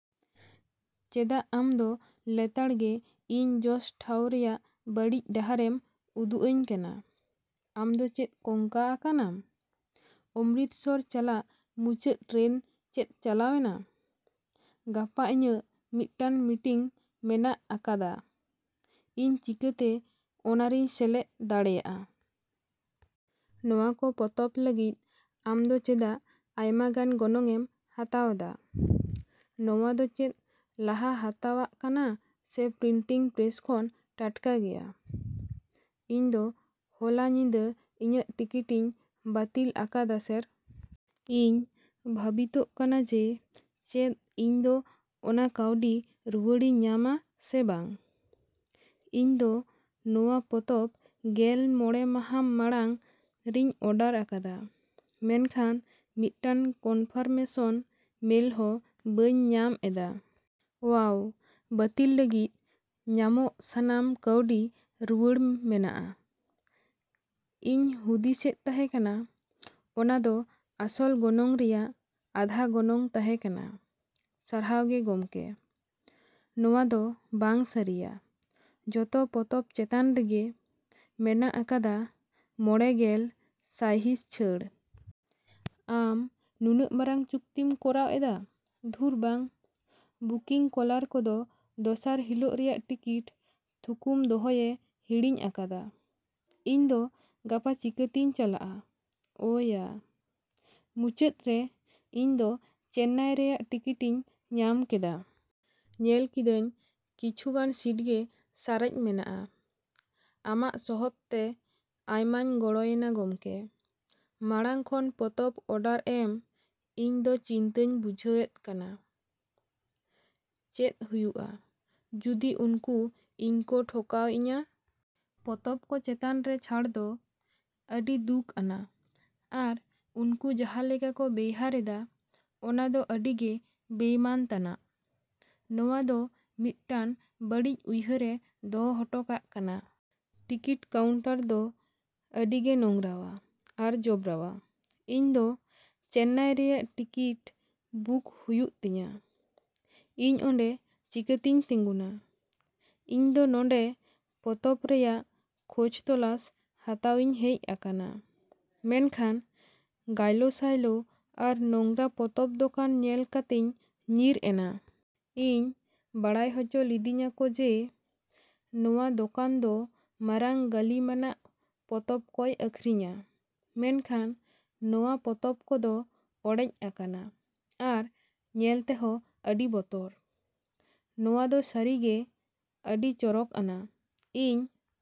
ᱪᱮᱫᱟᱜ ᱟᱢ ᱫᱚ ᱞᱮᱛᱟᱲ ᱜᱮ ᱤᱧ ᱡᱚᱥ ᱴᱷᱟᱶ ᱨᱮᱭᱟᱜ ᱵᱟᱹᱲᱤᱡ ᱰᱟᱦᱟᱨᱮᱢ ᱩᱫᱩᱜ ᱟᱹᱧ ᱠᱟᱱᱟ? ᱟᱢ ᱫᱚ ᱪᱮᱫ ᱠᱚᱝᱠᱟ ᱟᱠᱟᱱᱟᱢ? ᱚᱢᱨᱤᱛᱥᱚᱨ ᱪᱟᱞᱟᱜ ᱢᱩᱪᱟᱹᱫ ᱴᱨᱮᱱ ᱪᱮᱫ ᱪᱟᱞᱟᱣ ᱮᱱᱟ? ᱜᱟᱯᱟ ᱤᱧᱟᱜ ᱢᱤᱫᱴᱟᱝ ᱢᱤᱴᱤᱝ ᱢᱮᱱᱟᱜ ᱟᱠᱟᱫᱟ, ᱤᱧ ᱪᱤᱠᱟᱹᱛᱮ ᱚᱱᱟᱨᱮᱧ ᱥᱮᱞᱮᱫ ᱫᱟᱲᱮᱭᱟᱜ? ᱱᱚᱶᱟ ᱠᱚ ᱯᱚᱛᱚᱵ ᱞᱟᱹᱜᱤᱫ ᱟᱢ ᱫᱚ ᱪᱮᱫᱟᱜ ᱟᱭᱢᱟᱜᱟᱱ ᱜᱚᱱᱚᱝ ᱮᱢ ᱦᱟᱛᱟᱣ ᱮᱫᱟ? ᱱᱚᱶᱟ ᱫᱚ ᱪᱮᱫ ᱞᱟᱦᱟ ᱦᱟᱛᱟᱣᱟᱜ ᱠᱟᱱᱟ ᱥᱮ ᱯᱨᱤᱱᱴᱤᱝ ᱯᱨᱮᱥ ᱠᱷᱚᱱ ᱴᱟᱴᱠᱟ ᱜᱮᱭᱟ? ᱤᱧ ᱫᱚ ᱦᱚᱞᱟ ᱧᱤᱫᱟᱹ ᱤᱧᱟᱜ ᱴᱤᱠᱤᱴᱤᱧ ᱵᱟᱹᱛᱤᱞ ᱟᱠᱟᱫᱟ ᱥᱮᱹᱨ ᱾ ᱤᱧ ᱵᱷᱟᱹᱵᱤᱛᱚᱜ ᱠᱟᱱᱟ ᱡᱮ ᱪᱮᱫ ᱤᱧ ᱫᱚ ᱚᱱᱟ ᱠᱟᱹᱣᱰᱤ ᱨᱩᱣᱟᱹᱲᱤᱧ ᱧᱟᱢᱟ ᱥᱮ ᱵᱟᱝ ᱾ ᱤᱧ ᱫᱚ ᱱᱚᱶᱟ ᱯᱚᱛᱚᱵ ᱜᱮᱞ ᱢᱚᱬᱮ ᱢᱟᱦᱟ ᱢᱟᱲᱟᱝ ᱨᱮᱧ ᱚᱰᱟᱨ ᱟᱠᱟᱫᱟ, ᱢᱮᱱᱠᱷᱟᱱ ᱢᱤᱫᱴᱟᱝ ᱠᱚᱱᱯᱷᱟᱨᱢᱮᱥᱚᱱ ᱢᱮᱞ ᱦᱚᱸ ᱵᱟᱹᱧ ᱧᱟᱢ ᱮᱫᱟ ᱾ ᱳᱣᱟᱣ! ᱵᱟᱹᱛᱤᱞ ᱞᱟᱹᱜᱤᱫ ᱧᱟᱢᱚᱜ ᱥᱟᱱᱟᱢ ᱠᱟᱹᱣᱰᱤ ᱨᱩᱣᱟᱹᱲ ᱢᱮᱱᱟᱜᱼᱟ, ᱤᱧ ᱦᱩᱫᱤᱥᱮᱫ ᱛᱟᱦᱮ ᱠᱟᱱᱟ ᱚᱱᱟ ᱫᱚ ᱟᱥᱚᱞ ᱜᱚᱱᱚᱝ ᱨᱮᱭᱟᱜ ᱟᱫᱷᱟ ᱜᱚᱱᱚᱝ ᱛᱟᱦᱮᱸ ᱠᱟᱱᱟ, ᱥᱟᱨᱦᱟᱣ ᱜᱮ ᱜᱚᱢᱠᱮ ᱾ ᱱᱚᱣᱟ ᱫᱚ ᱵᱟᱝ ᱥᱟᱹᱨᱤᱭᱟ! ᱡᱚᱛᱚ ᱯᱚᱛᱚᱵ ᱪᱮᱛᱟᱱ ᱨᱮᱜᱮ ᱢᱮᱱᱟᱜ ᱟᱠᱟᱫᱟ ᱢᱚᱸᱬᱮ ᱜᱮᱞ ᱥᱟᱭᱦᱤᱸᱥ ᱪᱷᱟᱹᱲ ᱾ ᱟᱢ ᱱᱩᱱᱟᱹᱜ ᱢᱟᱨᱟᱝ ᱪᱩᱠᱛᱤᱢ ᱠᱚᱨᱟᱣᱮᱫᱟ ᱾ ᱫᱷᱩᱨ ᱵᱟᱝ! ᱵᱩᱠᱤᱝ ᱠᱞᱟᱨᱠ ᱫᱚ ᱫᱚᱥᱟᱨ ᱦᱤᱞᱳᱜ ᱨᱮᱭᱟᱜ ᱴᱤᱠᱤᱴ ᱛᱷᱩᱠᱩᱢ ᱫᱚᱦᱚᱭᱮ ᱦᱤᱲᱤᱧ ᱟᱠᱟᱫᱟ ᱾ ᱤᱧ ᱫᱚ ᱜᱟᱯᱟ ᱪᱤᱠᱟᱹᱛᱤᱧ ᱪᱟᱞᱟᱜᱼᱟ? ᱚ ᱭᱟ! ᱢᱩᱪᱟᱹᱫ ᱨᱮ ᱤᱧ ᱫᱚ ᱪᱮᱱᱱᱟᱭ ᱨᱮᱭᱟᱜ ᱴᱤᱠᱤᱴᱤᱧ ᱧᱟᱢ ᱠᱮᱫᱟ ᱾ ᱧᱮᱞ ᱠᱤᱫᱟᱹᱧ ᱠᱤᱪᱷᱩᱜᱟᱱ ᱥᱤᱴ ᱜᱮ ᱥᱟᱨᱮᱡ ᱢᱮᱱᱟᱜᱼᱟ ᱾ ᱟᱢᱟᱜ ᱥᱚᱦᱚᱫᱛᱮ ᱟᱭᱢᱟᱧ ᱜᱚᱲᱚᱭᱮᱱᱟ ᱜᱚᱢᱠᱮ ᱾ ᱢᱟᱲᱟᱝ ᱠᱷᱚᱱ ᱯᱚᱛᱚᱵ ᱚᱰᱟᱨ ᱮᱢ ᱤᱧ ᱫᱚ ᱪᱤᱱᱛᱟᱹᱧ ᱵᱩᱡᱷᱟᱹᱣ ᱮᱫ ᱠᱟᱱᱟ, ᱪᱮᱫ ᱦᱩᱭᱩᱜᱼᱟ ᱡᱩᱫᱤ ᱩᱱᱠᱩ ᱤᱧ ᱠᱚ ᱴᱷᱚᱠᱟᱣ ᱤᱧᱟ? ᱯᱚᱛᱚᱵ ᱠᱚ ᱪᱮᱛᱟᱱ ᱨᱮ ᱪᱷᱟᱹᱲ ᱫᱚ ᱟᱹᱰᱤ ᱫᱩᱠ ᱟᱱᱟᱜ ᱟᱨ ᱩᱱᱠᱩ ᱡᱟᱦᱟᱸ ᱞᱮᱠᱟ ᱠᱚ ᱵᱮᱣᱦᱟᱨ ᱮᱫᱟ ᱚᱱᱟ ᱫᱚ ᱟᱹᱰᱤ ᱜᱮ ᱵᱮᱼᱢᱟᱱᱚᱛ ᱟᱱᱟᱜ ᱾ ᱱᱚᱶᱟ ᱫᱚ ᱢᱤᱫᱴᱟᱝ ᱵᱟᱹᱲᱤᱡ ᱩᱭᱦᱟᱹᱨᱮ ᱫᱚᱦᱚ ᱦᱚᱴᱚ ᱠᱟᱜ ᱠᱟᱱᱟ ᱾ ᱴᱤᱠᱤᱴ ᱠᱟᱣᱩᱱᱴᱟᱨ ᱫᱚ ᱟᱹᱰᱤᱜᱮ ᱱᱳᱝᱨᱟᱣᱟ ᱟᱨ ᱡᱚᱵᱽᱨᱟᱣᱟ ᱾ ᱤᱧ ᱫᱚ ᱪᱮᱱᱱᱟᱭ ᱨᱮᱭᱟᱜ ᱴᱤᱠᱤᱴ ᱵᱩᱠ ᱦᱩᱭᱩᱜ ᱛᱤᱧᱟ, ᱤᱧ ᱚᱰᱮᱸ ᱪᱤᱠᱟᱹᱛᱤᱧ ᱛᱤᱸᱜᱩᱱᱟ? ᱤᱧ ᱫᱚ ᱱᱚᱰᱮᱸ ᱯᱚᱛᱚᱵ ᱨᱮᱭᱟᱜ ᱠᱷᱚᱡ ᱛᱚᱞᱟᱥ ᱦᱟᱛᱟᱣᱤᱧ ᱦᱮᱡ ᱟᱠᱟᱱᱟ ᱢᱮᱱᱠᱷᱟᱱ ᱜᱟᱭᱞᱳ ᱥᱟᱭᱞᱳ ᱟᱨ ᱱᱳᱝᱨᱟ ᱯᱚᱛᱚᱵ ᱫᱚᱠᱟᱱ ᱧᱮᱞ ᱠᱟᱛᱮᱧ ᱧᱤᱨ ᱮᱱᱟ ᱾ ᱤᱧ ᱵᱟᱲᱟᱭ ᱦᱚᱪᱚ ᱞᱤᱫᱤᱧᱟᱠᱚ ᱡᱮ ᱱᱚᱣᱟ ᱫᱚᱠᱟᱱ ᱫᱚ ᱢᱟᱲᱟᱝ ᱜᱟᱹᱞᱤᱢᱟᱱᱟᱜ ᱯᱚᱛᱚᱵ ᱠᱚᱭ ᱟᱹᱠᱷᱨᱤᱧᱼᱟ, ᱢᱮᱱᱠᱷᱟᱱ ᱱᱚᱣᱟ ᱯᱚᱛᱚᱵ ᱠᱚᱫᱚ ᱚᱲᱮᱡ ᱟᱠᱟᱱᱟ ᱟᱨ ᱧᱮᱞ ᱛᱮᱦᱚ ᱟᱹᱰᱤ ᱵᱚᱛᱚᱨ ᱾ ᱱᱚᱶᱟ ᱫᱚ ᱥᱟᱹᱨᱤᱜᱮ ᱟᱹᱰᱤ ᱪᱚᱨᱚᱠ ᱟᱱᱟᱜ ᱾ ᱤᱧ